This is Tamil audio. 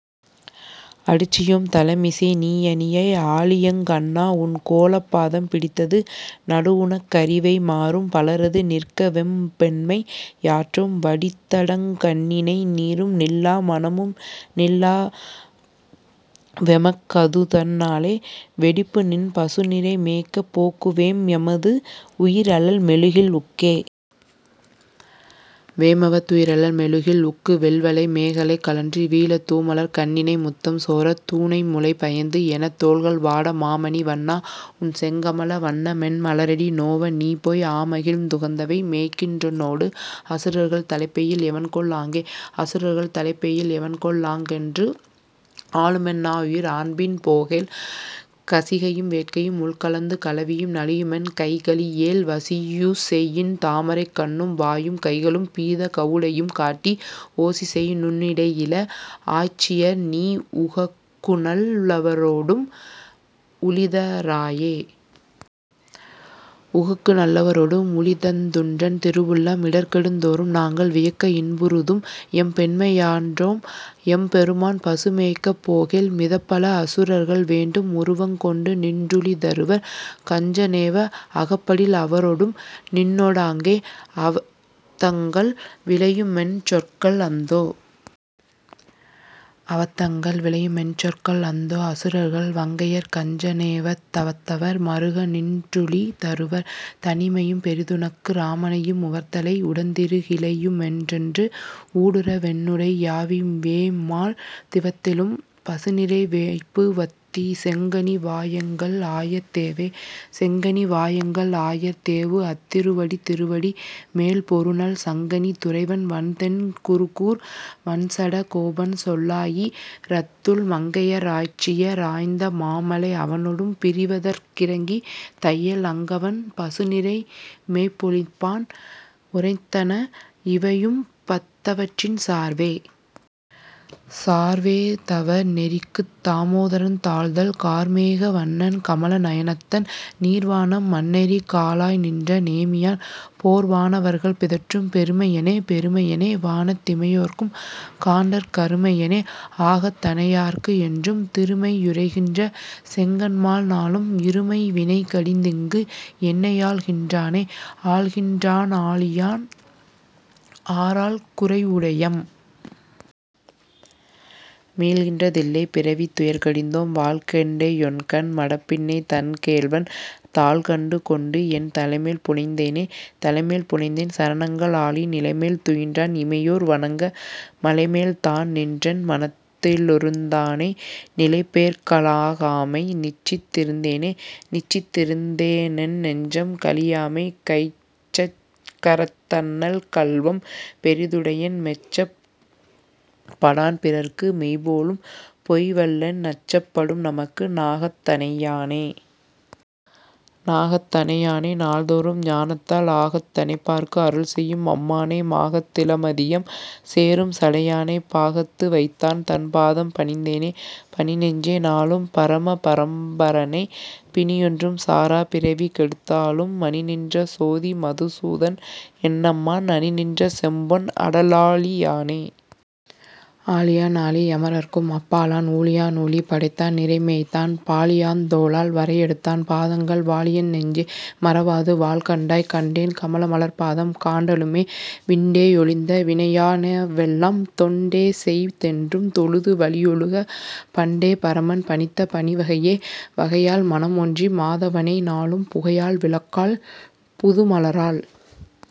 அடிச்சி யோம்தலை மிசைநீ யணியாய்। ஆழியங் கண்ணா. உன் கோலப் பாதம் பிடித்தது நடுவுனக் கரிவை மாரும் பலரது நிற்கவெம் பெண்மை யாற்றோம் வடித்தடங் கண்ணிணை நீரும் நில்லா மனமும்நில் லாவெமக் கதுதன் னாலே வெடிப்புநின் பசு நிரை மேய்க்கப் போக்கு வேம் எமது உயிர் அழல் மெழுகில் உக்கே.. வேமெம துயிரழல் மெழுகில் உக்கு வெள்வளை மேகலை கழன்று வீழ தூமலர்க் கண்ணிணை முத்தம் சோரத் தூணைமுலை பயந்து என தோள்கள் வாட மாமணி வண்ணா உன்செங்கமல வண்ணமென் மலரடி நோவ நீபோய் ஆமகிழ்ந் துகந்தவை மேய்க்கின் றுன்னோடு அசுரர்கள் தலைப்பெய்யில் எவன்கொல் ஆங்கே?. அசுரர்கள் தலைப்பெய்யில் எவன்கொ லாங்கென்று ஆழுமென் னாருயிர் ஆன்பின் போகேல் கசிகையும் வேட்கையும் உள்க லந்து கலவியும் நலியுமென் கைகழி யேல் வசியுசெயுன் தாமரைக் கண்ணும் வாயும் கைகளும் பீதக வுடையும் காட்டி ஒசிசெய்நுண் ணிடையிள ஆய்ச்சி யர்நீ உகக்குநல் லவரொடும் உழித ராயே.. உகக்குநல் லவரொடும் உழிதந் துன்றன் திருவுள்ளம் இடர்கெடுந் தோறும் நாங்கள் வியக்க இன்புறுதும் எம்பெண்மை யாற்றோம் எம்பெரு மான். பசு மேய்க்கப் போகேல் மிதப்பல அசுரர்கள் வேண்டும் உருவங் கொண்டுநின் றுழிதருவர் கஞ்ச னேவ அகப்படில் அவரொடும் நின்னொ டாங்கே அவத்தங்கள் விளையுமென் சொற்கொள் அந்தோ.. அவத்தங்கள் விளையுமென் சொற்கொள் அந்தோ. அசுரர்கள் வங்கையர் கஞ்ச னேவத் தவத்தவர் மறுக நின்றுழி தருவர் தனிமையும் பெரிதுனக்கு இராமனையும் உவர்த்தலை உடந்திரி கிலையு மென்றென்று ஊடுற வென்னுடை யாவிவேமால் திவத்திலும் பசுநிரை மேய்ப்பு வத்தி செங்கனி வாயெங்கள் ஆயர் தேவே.. செங்கனி வாயெங்கள் ஆயர் தேவு அத்திருவடி திருவடி மேல் பொ ருநல் சங்கணி துறைவன் வண்தென் குருகூர் வண்சட கோபன்சொல் லாயி ரத்துள் மங்கைய ராய்ச்சிய ராய்ந்த மாமலை அவனொடும் பிரிவதற் கிரங்கி தையல் அங்கவன் பசுநிரை மேய்ப்பொ ழிப்பான் உரைத்தன இவையும்பத் தவற்றின் சார்வே. சார்வேதவ நெறிக்குத் தாமோதரன் தாள்தள், கார்மேக வண்ணன் கமல நயனத்தன், நீர்வானம் மண்ணெரிகா லாய்நின்ற நேமியான், பேர்வா னவர்கள் பிதற்றும் பெருமையனே.. பெருமையனே வானத் திமையோர்க்கும் காண்டற் கருமையனே ஆகத் தணையாதார்க்கு என்றும் திருமெய் யுறைகின்ற செங்கண்மால் நாளும் இருமை வினைகடிந்திங்கு என்னையாள் கின்றானே.. ஆள்கின்றா னாழியான் ஆரால் குறைவுடையம்? மீள்கின்ற தில்லைப் பிறவித் துயர்கடிந்தோம், வாள்கெண்டையொண்கண் மடப்பின்னை தன் கேள்வன், தாள்கண்டு கொண்டு என் தலைமேல் புனைந்தேனே.. தலைமேல் புனைந்தேன் சரணங்கள் ஆலின் இலைமேல் துயின்றான் இமையோர் வணங்க மலைமேல்தான் நின்றென் மனத்து ளிருந்தானை நிலைபேர்க்க லாகாமை நிச்சித் திருந்தேனே.. நிச்சித் திருந்தேனென் நெஞ்சம் கழியாமை கைச்சக் கரத்தண்ணல் கள்வம் பெரிதுடையன் மெச்சப் படான்பிறர்க்கு மெய்போலும் பொய்வல்லன் நச்சப் படும்நமக்கு நாகத் தணையானே.. நாகத் தணையானை நாள்தோறும் ஞானத்தால் ஆகத் தணைப்பார்க்கு அருள்செய்யும் அம்மானை மாகத் திள மதியம் சேரும் சடையானை பாகத்து வைத்தான் தன் பாதம் பணிந்தேனே.. பணிநெஞ்சே. நாளும் பரம பரம்பரனை பிணியொன்றும் சாரா பிறவி கெடுத்தாளும் மணிநின்ற சோதி மதுசூதன் என்னம்மான் அணிநின்ற செம்பொன் அடலாழி யானே.. ஆழியா னாழி யமரர்க்கும் அப்பாலான் ஊழியா னூழி படைத்தான் நிரைமேய்த்தான் பாழியந் தோளால் வரையெடுத்தான் பாதங்கள் வாழியென் நெஞ்சே. மறவாது வாழ்கண்டாய்.. கண்டேன் கமல மலர்ப்பாதம் காண்டலுமே விண்டே யொழிந்த வினையா யினவெல்லாம் தொண்டேசெய் தென்றும் தொழுது வழியொழுக பண்டே பரமன் பணித்த பணிவகையே.. வகையால் மனமொன்றி மாதவனை நாளும் புகையால் விளக்கால் புதுமலரால்